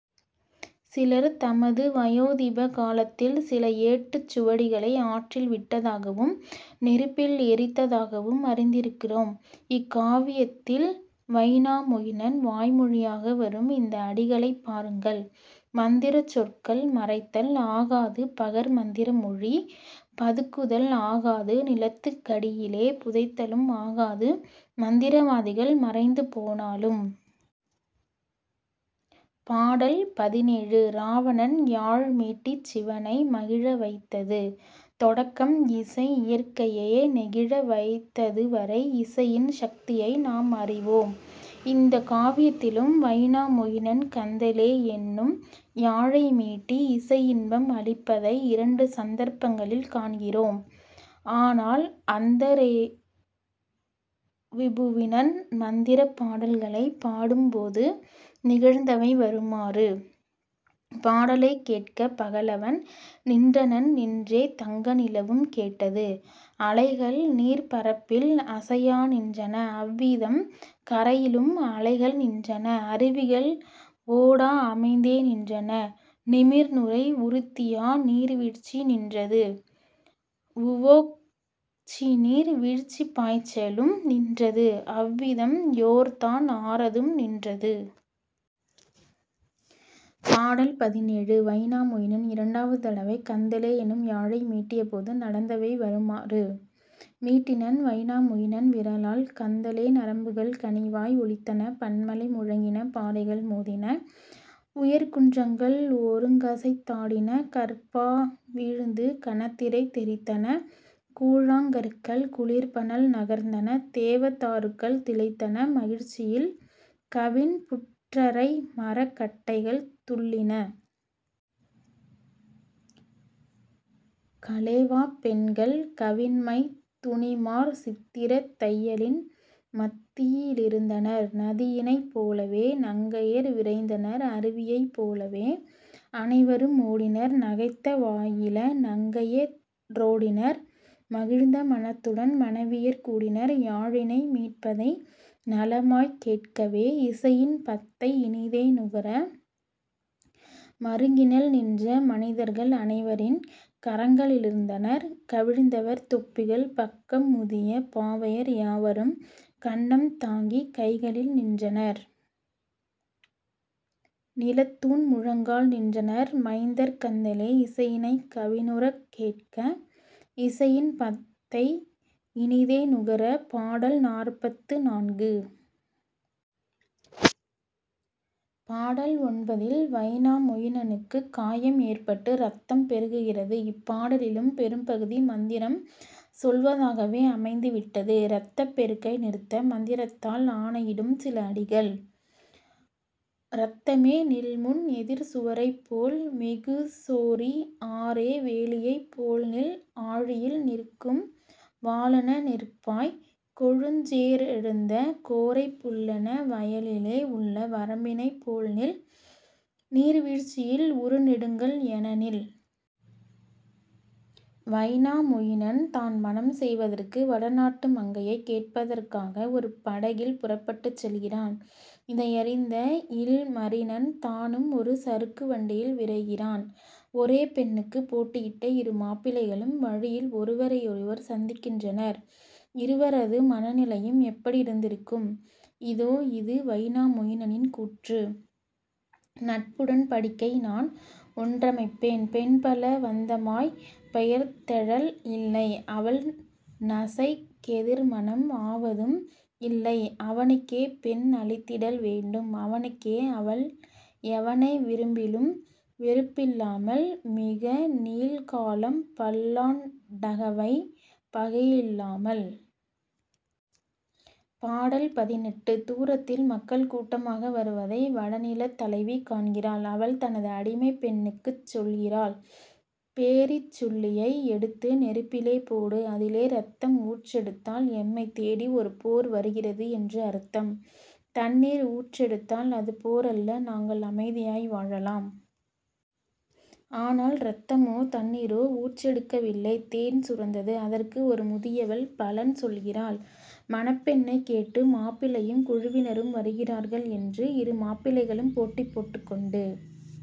சிலர் தமது வயோதிப காலத்தில் சில ஏட்டுச் சுவடிகளை ஆற்றில் விட்டதாகவும் நெருப்பில் எரித்ததாகவும் அறிந்திருக்கிறோம். இக்காவியத்தில் வைனாமொயினன் வாய்மொழியாக வரும் இந்த அடிகளைப் பாருங்கள். மந்திரச் சொற்கள் மறைத்தல் ஆகாது பகர்மந்திர மொழி பதுக்குதல் ஆகாது நிலத்துக் கடியிலே புதைத்தலும் ஆகாது மந்திரவாதிகள் மறைந்துபோனாலும். பாடல் பதினேழு. இராவணன் யாழ் மீட்டிச் சிவனை மகிழ வைத்தது தொடக்கம் இசை இயற்கையையே நெகிழ வைத்ததுவரை இசையின் சக்தியை நாம் அறிவோம். இந்தக் காவியத்திலும் வைனாமொயினன் கந்தலே என்னும் யாழை மீட்டி இசையின்பம் அளிப்பதை இரண்டு சந்தர்ப்பங்களில் காண்கிறோம். ஆனால் அந்தரே விபுனன் மந்திரப் பாடல்களைப் பாடும்போது நிகழ்ந்தவை வருமாறு: பாடலைக் கேட்கப் பகலவன் நின்றனன் நின்றே தங்க நிலவும் கேட்டது அலைகள்நீர்ப் பரப்பில் அசையா நின்றன அவ்விதம் கரையிலும் அலைகள் நின்றன அருவிகள் ஓடா அமைந்தே நின்றன நிமிர்நுரை உறுத்தியா நீர்வீழ்ச்சி நின்றது வுவோக்சிநீர் வீழ்ச்சிப் பாய்ச்சலும் நின்றது அவ்விதம் யோர்தான் ஆறதும் நின்றது. பாடல் பதினேழு. வைனாமொயினன் இரண்டாவது தடவை கந்தலே என்னும் யாழை மீட்டியபோது நடந்தவை வருமாறு: மீட்டினன் வைனாமொயினன் விரலால் கந்தலே நரம்புகள் கனிவாய் ஒலித்தன பன்மலை முழுங்கின பாறைகள் மோதின உயர்குன்றங்கள் ஒருங்கசைந் தாடின கற்பா வீழ்ந்து கனதிரைத் தெறித்தன கூழாங்கற்கள் குளிர்பனல் நகர்ந்தன தேவ தாருகள் திளைத்தன மகிழ்ச்சியில் கவின்புற்றரைமரக் கட்டைகள் துள்ளின. கலேவாப் பெண்கள் கவின்மைத்துனிமார் சித்திரத் தையலின் மத்தியிலிருந்தனர் நதியினைப் போலவே நங்கையர் விரைந்தனர் அருவியைப் போலவே அனைவரு மோடினர் நகைத்த வாயிள நங்கைய ரோடினர் மகிழ்ந்த மனத்துடன் மனைவியர் கூடினர் யாழினை மீட்பதை நலமாய்க் கேட்கவே இசையின் பத்தை இனிதே நுகர. மருங்கினில் நின்ற மனிதர்கள் அனைவரின் கரங்களிலிருந்தனர் கவிழ்ந்தவர் தொப்பிகள் பக்கம் முதிய பாவையர் யாவரும் கன்னம் தாங்கிக் கைகளில் நின்றனர் நிலத்தூன் முழங்கால் நின்றனர் மைந்தர் கந்தலே இசையினைக் கவினுறக் கேட்க இசையின் பத்தை இனிதே நுகர பாடல் நாற்பத்து நான்கு. பாடல் ஒன்பதில் வைனாமொயினனுக்குக் காயம் ஏற்பட்டு இரத்தம் பெருகுகிறது. இப்பாடலிலும் பெரும்பகுதி மந்திரம் சொல்வதாகவே அமைந்து விட்டது. இரத்தப் பெருக்கை நிறுத்த மந்திரத்தால் ஆணையிடும் சில அடிகள்: இரத்தமே நில்முன் எதிர்சுவரைப் போல் மிகுசோரி ஆறே வேலியைப் போல்நில் ஆழியில் நிற்கும் வாளென நிற்பாய் கொழுஞ்சேறெழுந்த கோரைப் புல்லென வயலிலே உள்ள வரம்பினைப் போல்நில் நீர்வீழ்ச்சியில் உறுநெடுங்கல் எனநில். வைனாமொயினன் தான் மணம் செய்வதற்கு வட நாட்டு மங்கையைக் கேட்பதற்காக ஒரு படகில் புறப்பட்டுச் செல்கிறான். இதையறிந்த இல்மரினன் தானும் ஒரு சறுக்கு வண்டியில் விரைகிறான். ஒரே பெண்ணுக்குப் போட்டியிட்ட இரு மாப்பிள்ளைகளும் வழியில் ஒருவரையொருவர் சந்திக்கின்றனர். இருவரது மனநிலையும் எப்படி இருந்திருக்கும்? இதோ இது வைனாமொயினனின் கூற்று: நட்புடன் படிக்கை நான் ஒன்றமைப்பேன் பெண்பல வந்தமாய் பெயர்த்தெழல் இல்லை அவள்நசைக் கெதிர்மணம் ஆவதும் இல்லை அவனுக்கே பெண் அளித்திடல் வேண்டும் அவனுக்கே அவள் எவனை விரும்பிலும் வெறுப்பில்லாமல் மிகநீள் காலம் பல்லாண்டகவை பகையில்லாமல். பாடல் பதினெட்டு. தூரத்தில் மக்கள் கூட்டமாக வருவதை வடநிலத் தலைவி காண்கிறாள். அவள் தனது அடிமைப் பெண்ணுக்குச் சொல்கிறாள்: பேரிச் சுள்ளியை எடுத்து நெருப்பிலே போடு. அதிலே இரத்தம் ஊற்றெடுத்தால் எம்மைத் தேடி ஒரு போர் வருகிறது என்று அர்த்தம். தண்ணீர் ஊற்றெடுத்தால், அது போரல்ல நாங்கள் அமைதியாய் வாழலாம். ஆனால் இரத்தமோ தண்ணீரோ ஊற்றெடுக்கவில்லை தேன் சுரந்தது. அதற்கு ஒரு முதியவள் பலன் சொல்கிறாள்: மணப்பெண்ணைக் கேட்டு மாப்பிள்ளையும் குழுவினரும் வருகிறார்கள் என்று. இரு மாப்பிள்ளைகளும் போட்டி போட்டுக் கொண்டு